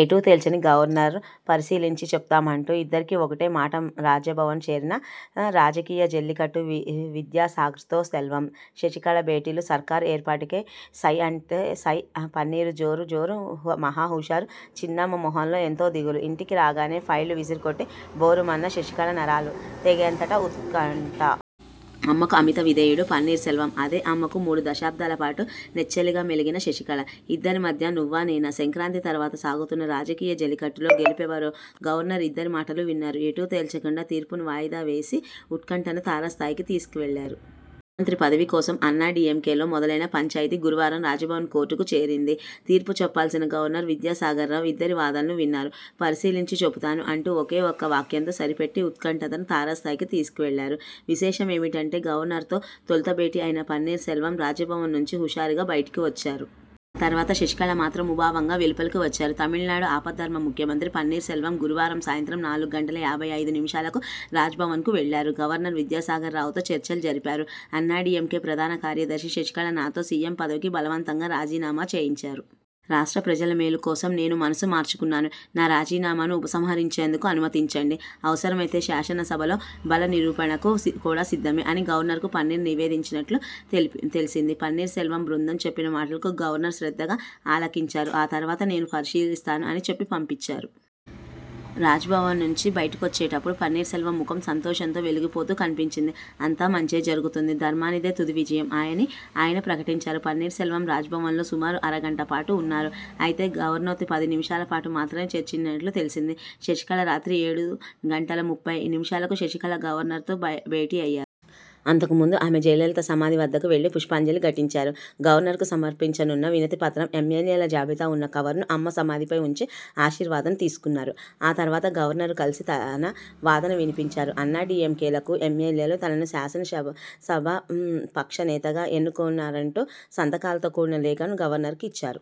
ఎటూ తేల్చని గవర్నర్ పరిశీలించి చెప్తామంటూ ఇద్దరికీ ఒకటె మాటరాజ్భవన్ చేరిన 'రాజకీయ జల్లికట్టు' వి విద్యాసాగర్తో సెల్వం, శశికళ భేటీలు సర్కారు ఏర్పాటుకు సై అంటే సై పన్నీరు జోరు జోరు మహా హుషారు చిన్నమ్మ మొహంలో ఎంతో దిగులు ఇంటికి రాగానే ఫైళ్లు విసిరికొట్టి భోరుమన్న శశికళ నరాలు తెగేంతట ఉత్కంఠ! 'అమ్మ'కు అమిత విధేయుడు పన్నీర్ సెల్వం అదే అమ్మకు మూడు దశాబ్దాలపాటు నెచ్చెలిగా మెలిగిన శశికళ! ఇద్దరి మధ్య నువ్వానేనా! సంక్రాంతి తర్వాత సాగుతున్న 'రాజకీయ జల్లికట్టు'లో గెలుపెవరో! గవర్నర్ ఇద్దరి మాటలూ విన్నారు. ఎటూ తేల్చకుండా 'తీర్పు'ను వాయిదా వేసి ఉత్కంఠను తారస్థాయికి తీసుకు వెళ్లారు! ముఖ్యమంత్రి పదవి కోసం అన్నా డీఎంకేలో మొదలైన పంచాయితీ గురువారం రాజ్భవన్ 'కోర్టు'కు చేరింది. 'తీర్పు' చెప్పాల్సిన గవర్నర్ విద్యాసాగర్ రావు ఇద్దరి వాదనలు విన్నారు. 'పరిశీలించి చెబుతాను' అంటూ ఒకే ఒక్క వాక్యంతో సరిపెట్టి ఉత్కంఠను తారస్థాయికి తీసుకెళ్లారు. విశేషం ఏమిటంటే గవర్నర్తో తొలుత భేటీ అయిన పన్నీర్ సెల్వం రాజ్భవన్ నుంచి హుషారుగా బయటికి వచ్చారు. ఆ తర్వాత శశికళ మాత్రం ముభావంగా వెలుపలికి వచ్చారు. తమిళనాడు ఆపద్ధర్మ ముఖ్యమంత్రి పన్నీర్సెల్వం గురువారం సాయంత్రం నాలుగు గంటల యాబై ఐదు నిమిషాలకు రాజ్భవన్ వెళ్లారు. గవర్నర్ విద్యాసాగర్ రావుతో చర్చలు జరిపారు. ''అన్నాడీఎంకే ప్రధాన కార్యదర్శి శశికళ నాతో సీఎం పదవికి బలవంతంగా రాజీనామా చేయించారు. రాష్ట్ర ప్రజల మేలు కోసం నేను మనసు మార్చుకున్నాను. నా రాజీనామాను ఉపసంహరించేందుకు అనుమతించండి. అవసరమైతే శాసనసభలో బల నిరూపణకు సిద్ కూడా సిద్ధమే'' అని గవర్నర్కు పన్నీర్ నివేదించినట్లు తెలిపింది తెలిసింది. పన్నీర్సెల్వం బృందం చెప్పిన మాటలకు గవర్నర్ శ్రద్ధగా ఆలకించారు. ఆ తర్వాత'నేను పరిశీలిస్తాను' అని చెప్పి పంపించారు. రాజ్భవన నుంచి బయటికొచ్చేటప్పుడు పన్నీర్సెల్వం ముఖం సంతోషంతో వెలిగిపోతూ కనిపించింది. 'అంతా మంచే జరుగుతుంది. ధర్మానిదే తుది విజయం' అని ఆయన ప్రకటించారు. పన్నీర్ సెల్వం రాజ్భవన్లో సుమారు అరగంటపాటు ఉన్నారు. అయితే, గవర్నర్తో పది నిమిషాలపాటు మాత్రమే చర్చించినట్లు తెలిసింది. శశికళ రాత్రి ఏడు గంటల ముపై నిమిషాల కు శశికళ గవర్నర్తో భ భేటీ అయ్యారు. అంతకుముందు ఆమె జయలలిత సమాధి వద్దకు వెళ్లిపుష్పాంజలి ఘటించారు. గవర్నర్కు సమర్పించనున్న వినతిపత్రం, ఎమ్మెల్యేల జాబితా ఉన్న కవరును అమ్మ సమాధిపై ఉంచి ఆశీర్వాదం తీసుకున్నారు. ఆ తర్వాత గవర్నర్ను కలిసి తన వాదన వినిపించారు. అన్నా డీఎంకే లకు ఎమ్మెల్యేలు తనను శాసనసభాపక్ష నేతగా ఎన్నుకున్నారంటూ సంతకాలతో కూడిన లేఖను గవర్నర్కు ఇచ్చారు.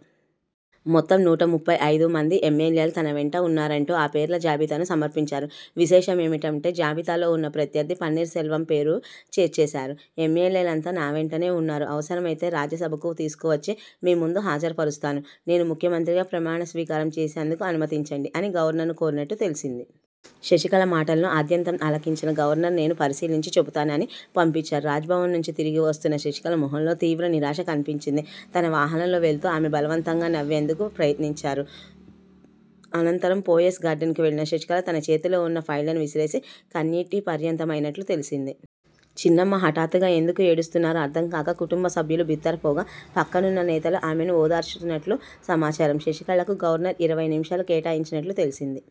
మొత్తం నూట ముప్పై ఐదు మంది ఎమ్మెల్యేలు తన వెంటే ఉన్నారంటూ ఆ పేర్ల జాబితాను సమర్పించారు. విశేషమేమిటంటే జాబితాలో ఉన్న ప్రత్యర్థి పన్నీర్ సెల్వం పేరూ చేర్చేశారు. ''ఎమ్మెల్యేలంతా నా వెంటనే ఉన్నారు. అవసరమైతే రాజ్యసభకు తీసుకొచ్చి మీముందు హాజరుపరుస్తాను. నేను ముఖ్యమంత్రిగా ప్రమాణ స్వీకారం చేసేందుకు అనుమతించండి'' అని గవర్నర్ను కోరినట్లు తెలిసింది. శశికళ మాటలను ఆద్యంతం ఆలకించిన గవర్నర్'నేను పరిశీలించి చెబుతాను' అని పంపించారు. రాజ్భవన్ నుంచి తిరిగి వస్తున్న శశికళ ముఖంలో తీవ్ర నిరాశ కనిపించింది. తన వాహనంలో వెళ్తూ ఆమె బలవంతంగా నవ్వేందుకు ప్ర యత్నించారు. అనంతరం పోయెస్ గార్డెనకు వెళ్లిన శశికళ తన చేతిలో ఉన్న ఫైళ్లను విసిరేసి కన్నీటి పర్యంతమైనట్లు తెలిసింది. చిన్నమ్మ హఠాత్తుగా ఎందుకు ఏడుస్తున్నారో అర్థంగాక కుటుంబ సభ్యులు బిత్తరపోగా పక్కనున్న నేతలు ఆమెను ఓదార్చినట్లు సమాచారం. శశికళకు గవర్నర్ ఇరవై నిమిషాలు కేటాయించినట్లు తెలిసింది.